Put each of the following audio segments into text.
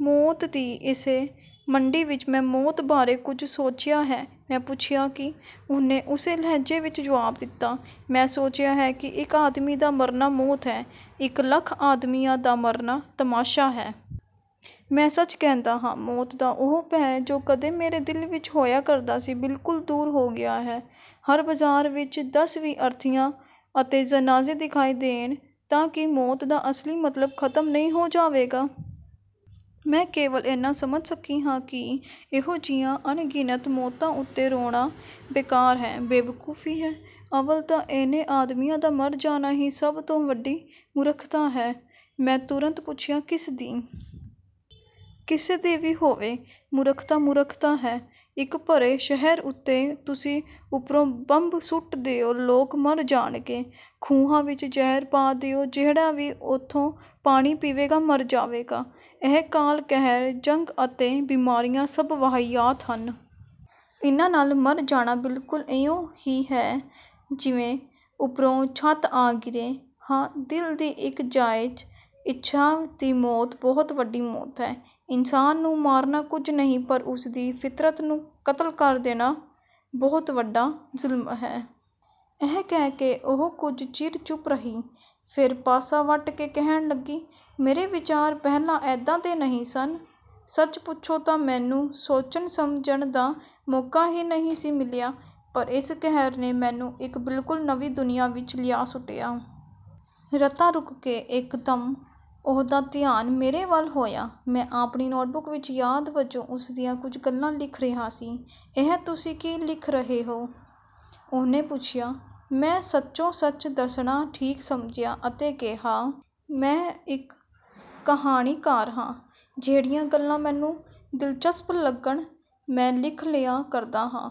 ਮੌਤ ਦੀ ਇਸੇ ਮੰਡੀ ਵਿੱਚ ਮੈਂ ਮੌਤ ਬਾਰੇ ਕੁਝ ਸੋਚਿਆ ਹੈ। ਮੈਂ ਪੁੱਛਿਆ ਕੀ? ਉਹਨੇ ਉਸੇ ਲਹਿਜੇ ਵਿੱਚ ਜਵਾਬ ਦਿੱਤਾ। ਮੈਂ ਸੋਚਿਆ ਹੈ ਕਿ ਇੱਕ ਆਦਮੀ ਦਾ ਮਰਨਾ ਮੌਤ ਹੈ, ਇੱਕ ਲੱਖ ਆਦਮੀਆਂ ਦਾ ਮਰਨਾ ਤਮਾਸ਼ਾ ਹੈ। ਮੈਂ ਸੱਚ ਕਹਿੰਦੀ ਹਾਂ ਮੌਤ ਦਾ ਉਹ ਭੈਅ ਜੋ ਕਦੇ ਮੇਰੇ ਦਿਲ ਵਿੱਚ ਹੋਇਆ ਕਰਦਾ ਸੀ ਬਿਲਕੁਲ ਦੂਰ ਹੋ ਗਿਆ ਹੈ। ਹਰ ਬਜ਼ਾਰ ਵਿੱਚ ਦਸ ਵੀਹ ਅਰਥੀਆਂ ਅਤੇ ਜਨਾਜ਼ੇ ਦਿਖਾਈ ਦੇਣ ਤਾਂ ਕੀ ਮੌਤ ਦਾ ਅਸਲੀ ਮਤਲਬ ਖ਼ਤਮ ਨਹੀਂ ਹੋ ਜਾਵੇਗਾ? ਮੈਂ ਕੇਵਲ ਏਨਾ ਸਮਝ ਸਕੀ ਹਾਂ ਕਿ ਇਹੋ ਜਿਹੀਆਂ ਅਣਗਿਣਤ ਮੌਤਾਂ ਉੱਤੇ ਰੋਣਾ ਬੇਕਾਰ ਹੈ, ਬੇਵਕੂਫ਼ੀ ਹੈ। ਅੱਵਲ ਤਾਂ ਏਨੇ ਆਦਮੀਆਂ ਦਾ ਮਰ ਜਾਣਾ ਹੀ ਸਭ ਤੋਂ ਵੱਡੀ ਮੂਰਖ਼ਤਾ ਹੈ। ਮੈਂ ਤੁਰੰਤ ਪੁੱਛਿਆ ਕਿਸ ਦੀ? ਕਿਸੇ ਦੀ ਵੀ ਹੋਵੇ। ਮੂਰਖ਼ਤਾ ਮੂਰਖ਼ਤਾ ਹੈ। ਇੱਕ ਭਰੇ ਸ਼ਹਿਰ ਉੱਤੇ ਤੁਸੀਂ ਉੱਪਰੋਂ ਬੰਬ ਸੁੱਟ ਦਿਓ ਲੋਕ ਮਰ ਜਾਣਗੇ। ਖੂਹਾਂ ਵਿੱਚ ਜ਼ਹਿਰ ਪਾ ਦਿਓ ਜਿਹੜਾ ਵੀ ਓਥੋਂ ਪਾਣੀ ਪੀਵੇਗਾ ਮਰ ਜਾਵੇਗਾ। ਇਹ ਕਾਲ ਕਹਿਰ ਜੰਗ ਅਤੇ ਬੀਮਾਰੀਆਂ ਸਭ ਵਾਹੀਆਤ ਹਨ। ਇਹਨਾਂ ਨਾਲ ਮਰ ਜਾਣਾ ਬਿਲਕੁਲ ਇਉਂ ਹੀ ਐ ਜਿਵੇਂ ਉੱਪਰੋਂ ਛੱਤ ਆ ਗਿਰੇ। ਹਾਂ ਦਿਲ ਦੀ ਇੱਕ ਜਾਇਜ਼ ਇੱਛਾ ਦੀ ਮੌਤ ਬਹੁਤ ਵੱਡੀ ਮੌਤ ਹੈ। ਇਨਸਾਨ ਨੂੰ ਮਾਰਨਾ ਕੁਝ ਨਹੀਂ ਪਰ ਉਸਦੀ ਫ਼ਿਤਰਤ ਨੂੰ ਕਤਲ ਕਰ ਦੇਣਾ ਬਹੁਤ ਵੱਡਾ ਜ਼ੁਲਮ ਹੈ। ਇਹ ਕਹਿ ਕੇ ਉਹ ਕੁਝ ਚਿਰ ਚੁੱਪ ਰਹੀ। ਫੇਰ ਪਾਸਾ ਵੱਟ ਕੇ ਕਹਿਣ ਲੱਗੀ। ਮੇਰੇ ਵਿਚਾਰ ਪਹਿਲਾਂ ਏਦਾਂ ਦੇ ਨਹੀਂ ਸਨ। ਸੱਚ ਪੁੱਛੋਂ ਤਾਂ ਮੈਨੂੰ ਸੋਚਣ ਸਮਝਣ ਦਾ ਮੌਕਾ ਹੀ ਨਹੀਂ ਸੀ ਮਿਲਿਆ ਪਰ ਇਸ ਕਹਿਰ ਨੇ ਮੈਨੂੰ ਇੱਕ ਬਿਲਕੁਲ ਨਵੀਂ ਦੁਨੀਆਂ ਵਿੱਚ ਲਿਆ ਸੁੱਟਿਆ। ਰਤਾ ਰੁਕ ਕੇ ਇੱਕਦਮ ਉਹਦਾ ਧਿਆਨ ਮੇਰੇ ਵੱਲ ਹੋਇਆ। ਮੈਂ ਆਪਣੀ ਨੋਟਬੁੱਕ ਵਿੱਚ ਯਾਦ ਵਜੋਂ ਉਸਦੀਆਂ ਕੁਝ ਗੱਲਾਂ ਲਿਖ ਰਿਹਾ ਸੀ। ਇਹ ਤੁਸੀਂ ਕੀ ਲਿਖ ਰਹੇ ਓ? ਉਹਨੇ ਪੁੱਛਿਆ। ਮੈਂ ਸੱਚੋ ਸੱਚ ਦੱਸਣਾ ਠੀਕ ਸਮਝਿਆ ਅਤੇ ਕਿਹਾ। ਮੈਂ ਇੱਕ ਕਹਾਣੀਕਾਰ ਹਾਂ। ਜਿਹੜੀਆਂ ਗੱਲਾਂ ਮੈਨੂੰ ਦਿਲਚਸਪ ਲੱਗਣ ਮੈਂ ਲਿਖ ਲਿਆ ਕਰਦਾ ਹਾਂ।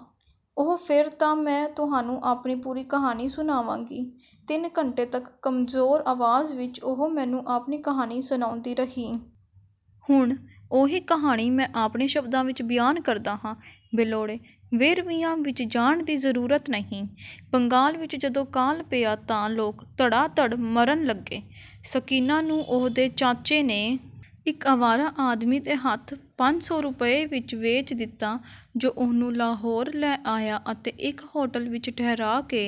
ਓਹ ਫੇਰ ਤਾਂ ਮੈਂ ਤੁਹਾਨੂੰ ਆਪਣੀ ਪੂਰੀ ਕਹਾਣੀ ਸੁਣਾਵਾਂਗੀ। ਤਿੰਨ ਘੰਟੇ ਤੱਕ ਕਮਜ਼ੋਰ ਆਵਾਜ਼ ਵਿੱਚ ਉਹ ਮੈਨੂੰ ਆਪਣੀ ਕਹਾਣੀ ਸੁਣਾਉਂਦੀ ਰਹੀ। ਹੁਣ ਉਹੀ ਕਹਾਣੀ ਮੈਂ ਆਪਣੇ ਸ਼ਬਦਾਂ ਵਿੱਚ ਬਿਆਨ ਕਰਦਾ ਹਾਂ। ਬੇਲੋੜੇ ਵੇਰਵਿਆਂ ਵਿੱਚ ਜਾਣ ਦੀ ਜ਼ਰੂਰਤ ਨਹੀਂ। ਬੰਗਾਲ ਵਿੱਚ ਜਦੋਂ ਕਾਲ ਪਿਆ ਤਾਂ ਲੋਕ ਧੜਾ ਧੜ ਮਰਨ ਲੱਗੇ। ਸਕੀਨਾ ਨੂੰ ਉਹਦੇ ਚਾਚੇ ਨੇ ਇੱਕ ਅਵਾਰਾ ਆਦਮੀ ਦੇ ਹੱਥ ਪੰਜ ਸੌ ਰੁਪਏ ਵਿੱਚ ਵੇਚ ਦਿੱਤਾ ਜੋ ਉਹਨੂੰ ਲਾਹੌਰ ਲੈ ਆਇਆ ਅਤੇ ਇੱਕ ਹੋਟਲ ਵਿੱਚ ਠਹਿਰਾਅ ਕੇ